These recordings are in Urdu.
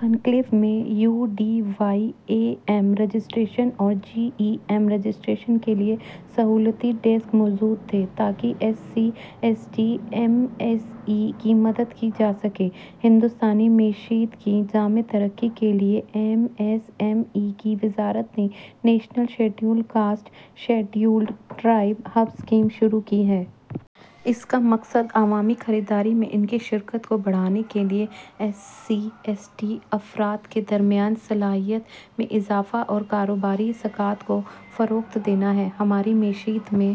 کانکلیو میں U D Y A M registration اور جی ای ایم رجسٹریشن کے لیے سہولتی ڈیسک موجود تھے تاکہ S C, S T M S E کی مدد کی جا سکے۔ ہندوستانی معیشت کی جامع ترقی کے لیے، ایم ایس ایم ای کی وزارت نے national scheduled caste scheduled tribe hub scheme شروع کی ہے۔ اس کا مقصد عوامی خریداری میں ان کی شرکت کو بڑھانے کے لیے ایس سی، ایس ٹی افراد کے درمیان صلاحیت میں اضافہ اور کاروباری ثقافت کو فروغ دینا ہے۔ ہماری معیشت میں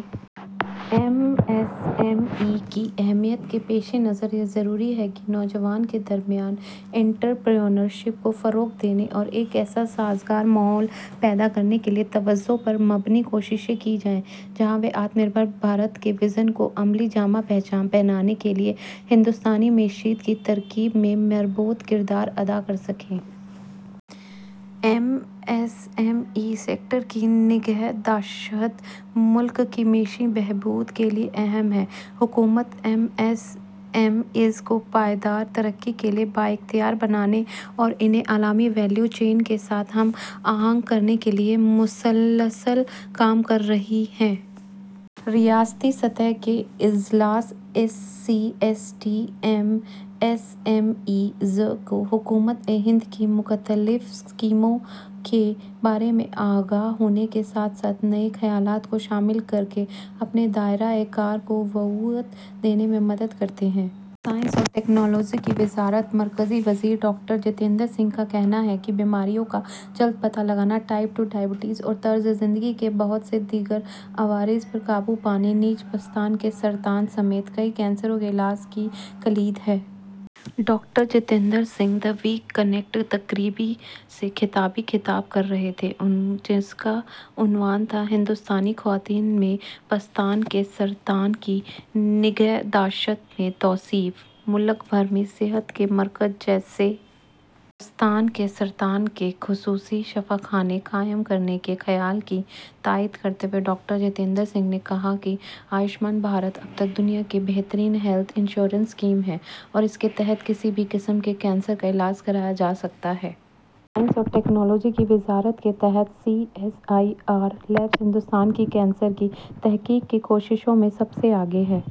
ایم ایس ایم ایز کی اہمیت کے پیش نظر، یہ ضروری ہے کہ نوجوانوں کے درمیان انٹرپرینیورشپ کو فروغ دینے اور ایک ایسا سازگار ماحول پیدا کرنے کے لیے توجہ پر مبنی کوششیں کی جائیں، جہاں وہ آتم نربھر بھارت کے وژن کو عملی جامہ پہنانے کے لیے ہندوستانی معیشت کی ترقی میں مربوط کردار ادا کر سکیں۔ M S M E sector کی نگہداشت ملک کی معاشی بہبود کے لیے اہم ہے۔ حکومت ایم ایس ایم ایز کو پائیدار ترقی کے لیے بااختیار بنانے اور انہیں عالمی ویلیو چین کے ساتھ ہم آہنگ کرنے کے لیے مسلسل کام کر رہی ہے۔ ریاستی سطح کے اجلاس S C, S T M S M Es کو حکومت ہند کی مختلف اسکیموں کے بارے میں آگاہ ہونے کے ساتھ ساتھ نئے خیالات کو شامل کرکے اپنے دائرہ کار کو وسعت دینے میں مدد کرتے ہیں۔ سائنس اور ٹیکنالوجی کی وزارت مرکزی وزیر ڈاکٹر جتیندر سنگھ کا کہنا ہے کہ بیماریوں کا جلد پتہ لگانا ٹائپ ٹو ذیابیطس اور طرز زندگی کے بہت سے دیگر عوارض پر قابو پانے نیز پستان کے سرطان سمیت کئی کینسروں کے علاج کی کلید ہے۔ Doctor Jitendra Singh the week connect تقریب سے خطاب کر رہے تھے، جس کا عنوان تھا، "ہندوستانی خواتین میں پستان کے سرطان کی نگہداشت میں توسیع"۔ ملک بھر میں صحت کے مراکز جیسے پستان کے سرطان کے خصوصی شفا خانے قائم کرنے کے خیال کی تائید کرتے ہوئے ڈاکٹر جتیندر سنگھ نے کہا کہ آیوشمان بھارت اب تک دنیا کی بہترین ہیلتھ انشورنس اسکیم ہے اور اس کے تحت کسی بھی قسم کے کینسر کا علاج کرایا جا سکتا ہے۔ سائنس اور ٹیکنالوجی کی وزارت کے تحت C S I R labs Hindustan کی کینسر کی تحقیق کی کوششوں میں سب سے آگے ہیں۔